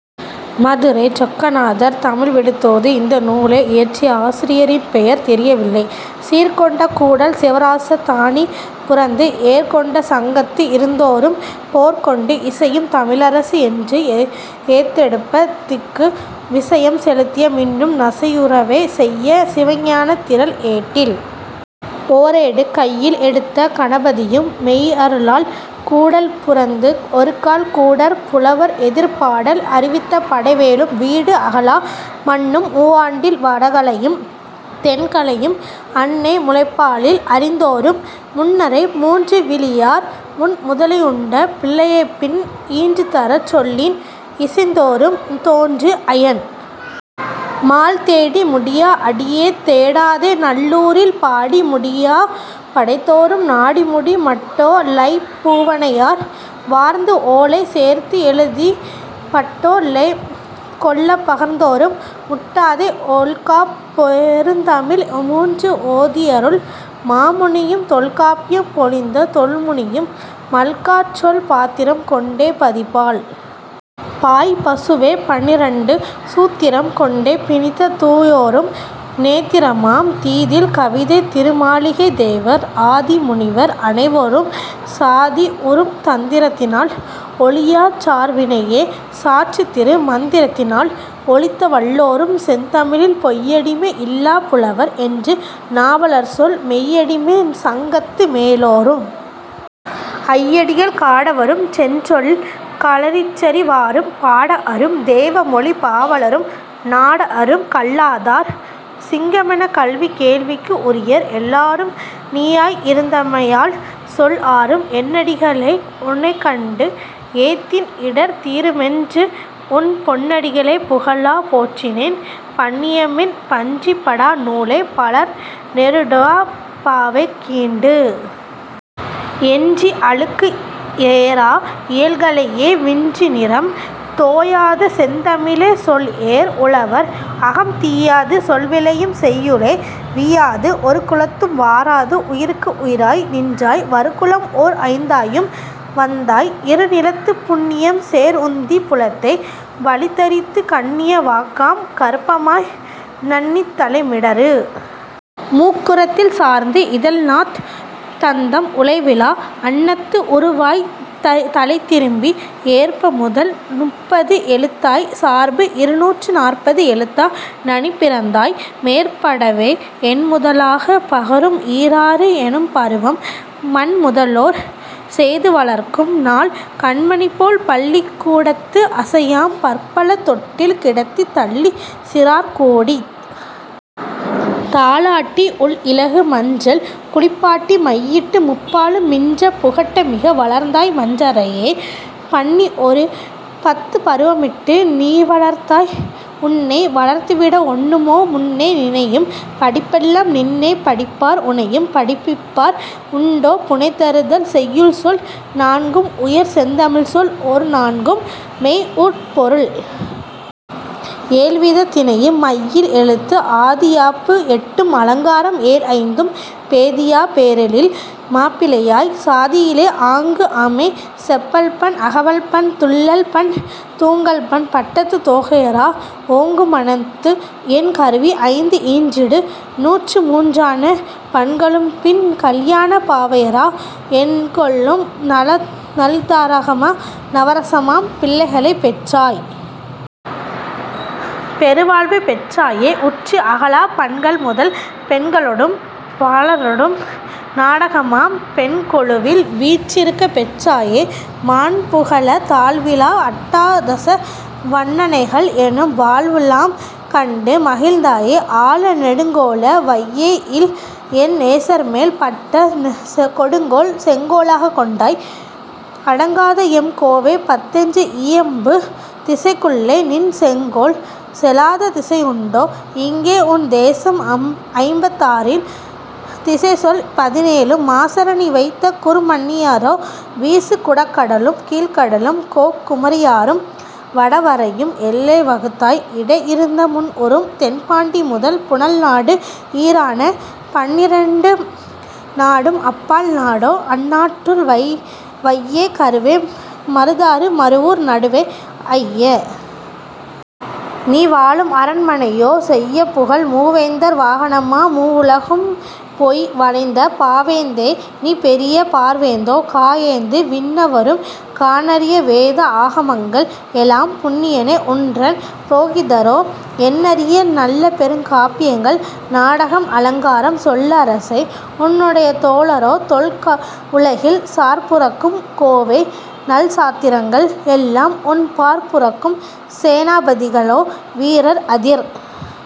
மதுரைச் சொக்கநாதர் தமிழ் விடு தூது இந்த நூலை இயற்றிய ஆசிரியரின் பெயர் தெரியவில்லை. சீர்கொண்ட கூடல் சிவராச தானி புரந்து ஏர் கொண்ட சங்கத்துஇருந்தோரும் போர்கொண்டு இசையும் தமிழரசி என்று ஏத்தெடுப்பத் திக்கு விசையம் செலுத்திய மின்னும் நசையுறவே செய்ய சிவஞானத் திரள் ஏட்டில் ஓரேடு கையில் எடுத்த கணபதியும் மெய்யருளால் கூடல் புரந்து ஒருகால் கூடற் புலவர்எதிர் பாடல் அறிவித்த படைவேளும் வீடு அகலா மன்னும் மூவாண்டில் வடகலையும் தென்கலையும் அன்னை முலைப்பாலில் அறிந்தோரும் முன்னரே மூன்று விழியார் முன் முதலையுண்ட பிள்ளையைப்பின் ஈன்றுதரச் சொல்லின் இசைந்தோரும் தோன்று அயன் மால் தேடி முடியா அடியைத் தேடாதே நல்லூரில் பாடி முடியாப் படைத்தோரும் நாடிமுடி மட்டோ லைப் பூவனையார் வார்ந்துஓலை சேர்த்துஎழுதிப் பட்டோ லை கொள்ளப் பகர்ந்தோரும் முட்டாதே ஒல்காப் பெருந்தமிழ் மூன்று ஓதியருள் மாமுனியும் தொல்காப்பியம் மொழிந்த தொல்முனியும் மல்காச் சொல் பாத்திரம் கொண்டே பதிபால் பாய் பசுவைப் பன்னிரண்டு சூத்திரம் கொண்டே பிணித்த தூயோரும் நேத்திரமாம் தீதில் கவிதைத் திருமாளிகைத் தேவர் ஆதி முனிவர் அனைவோரும் சாதி, உறும் தந்திரத்தினால் ஒழியாச் சார்வினையைச் சாற்றுதிரு மந்திரத்தினால் ஒழித்த வல்லோரும் செந்தமிழில் பொய்யடிமை இல்லாப் புலவர் என்று நாவலர்சொல் மெய்யடிமைச் சங்கத்து மேலோரும் ஐயடிகள் காடவரும் செஞ் சொல் கழறிற்றறிவாரும் பாடஅரும் தெய்வமொழிப் பாவலரும் நாடஅரும் கல்லாதார் சிங்கமெனக் கல்வி கேள்விக்கு உரியர் எல்லாரும் நீயாய் இருந்தமையால் சொல் ஆரும் என்னடிகளே உனைக்கண்டு ஏத்தின்இடர் தீருமென்றுஉன் பொன்னடிகளே புகலாப் போற்றினேன் பன்னியமென் பஞ்சி படா நூலே பலர்நெருடாப் பாவே கீண்டு எஞ்சி அழுக்கு ஏறா இயல்கலையே விஞ்சுநிறம் தோயாத செந்தமிழே சொல்ஏர் உழவர் அகம் தீயாது சொல்விளையும் செய்யுளே வீயாது ஒருகுலத்தும் வாராது உயிர்க்கு உயிராய் நின்றாய் வருகுலம் ஓர் ஐந்தாயும் வந்தாய் இருநிலத்துப் புண்ணியம் சேர்உந்திப் புலத்தே வளிதரித்துக் கண்ணிய வாக்காம் கருப்பமாய் நண்ணித் தலைமிடறு மூக்குரத்தில் சார்ந்து இதழ்நாத் தந்தம் உலைவிலா அண்ணத்து உருவாய்த் தலைதிரும்பி ஏற்பமுதல் முப்பது எழுத்தாய்ச் சார்பு இருநூற்று நாற்பது எழுத்தா நனிபிறந்தாய் மேற்படவே எண்முதலாகப் பகரும் ஈராறு எனும்பருவம் மண்முதலோர் செய்துவளர்க்கும் நாள் கண்மணிபோல் பள்ளிக்கூ டத்து அசையாம் பற்பல தொட்டில் கிடத்தித் தள்ளிச் சிறார்கூடித் தாலாட்டி உள் இலகு மஞ்சள் குளிப்பாட்டி மையிட்டு முப்பாலும் மிஞ்சப் புகட்ட மிக வளர்ந்தாய் மஞ்சரையே பன்னிஒரு பத்துப் பருவமிட்டு நீவளர்த்தாய் உன்னை வளர்த்துவிட ஒண்ணுமோ முன்னே நினையும் படிப்பெல்லாம் நின்னைப் படிப்பார் உனையும் படிப்பிப்பார் உண்டோ புனைதருநல் செய்யுள்சொல் நான்கும்உயர் செந்தமிழ்ச்சொல் ஓர்நான்கும் மெய்உட்பொருள் ஏழ்விதத் திணையும் மையில் எழுத்து ஆதியாப்பு எட்டும் அலங்காரம் ஏழ்ஐந்தும் பேதியாப் பேரெழில் மாப்பிள்ளையாய்ச் சாதியிலே ஆங்குஅமை செப்பல்பண் அகவல்பண் துள்ளல்பண் தூங்கல்பண் பட்டத்துத் தோகையரா ஓங்குமனத்து எண் கருவி ஐந்துஈன்றிடு நூற்று மூன்றான பண்களும்பின் கல்யாணப் பாவையரா எண்கொளும் நல்தாரகமா நவரசமாம் பிள்ளைகளைப் பெற்றாய் பெருவாழ்வு பெற்றாயே உற்று அகலாப் பண்கள்முதல் பெண்களொடும் பாலரொடும் நாடகமாம் பெண்கொலுவில் வீற்றிருக்கப் பெற்றாயே மண்புகழத் தாழ்விலா அட்டாதச வன்னனைகள் எனும் வாழ்வுஎலாம் கண்டு மகிழ்ந்தாயே ஆழ நெடுங்கோல வையையில் என் நேசர்மேல் பட்ட கொடுங்கோல் செங்கோலாகக் கொண்டாய் அடங்காத எம்கோவே பத்தென்று இயம் பு திசைக்குள்ளே நின் செங்கோல் செலாத திசையுண்டோ இங்கே உன் தேசம் ஐம்பத்தாறில் திசைச்சொல் பதினேழும் மாசற நீ வைத்த குறுமன்னியரோ வீசு குடகடலும் கீழ்கடலும் கோக் குமரியாறும் வடவரையும் எல்லை வகுத்தாய் இடைஇருந்த முன்உறும் தென்பாண்டி முதல் புனல்நாடு ஈறான பன்னிரண்டு நாடும் அப்பால் நாடோ அந்நாட்டுள் வையை கருவை மருதாறு மருவூர் நடுவே ஐய! நீ வாழும் அரண்மனையோ செய்யபுகழ் மூ வேந்தர் வாகனமா மூவுலகும் போய் வளைந்த பாவேந்தே நீ பெரிய பார்வேந்தோ கா ஏந்து விண்ணவரும் காணரிய வேத ஆகமங்கள் எலாம் புண்ணியனே உன்றன் புரோகிதரோ எண்ணரிய நல்ல பெருங்காப்பியங்கள் நாடகம் அலங்காரம் சொல்லரசே உன்னுடைய தோழரோ தொல் உலகில் சார்புரக்கும் கோவே நல்சாத்திரங்கள் எல்லாம் உன் பார் புரக்கும் சேனாபதிகளோ வீரர் அதிர்।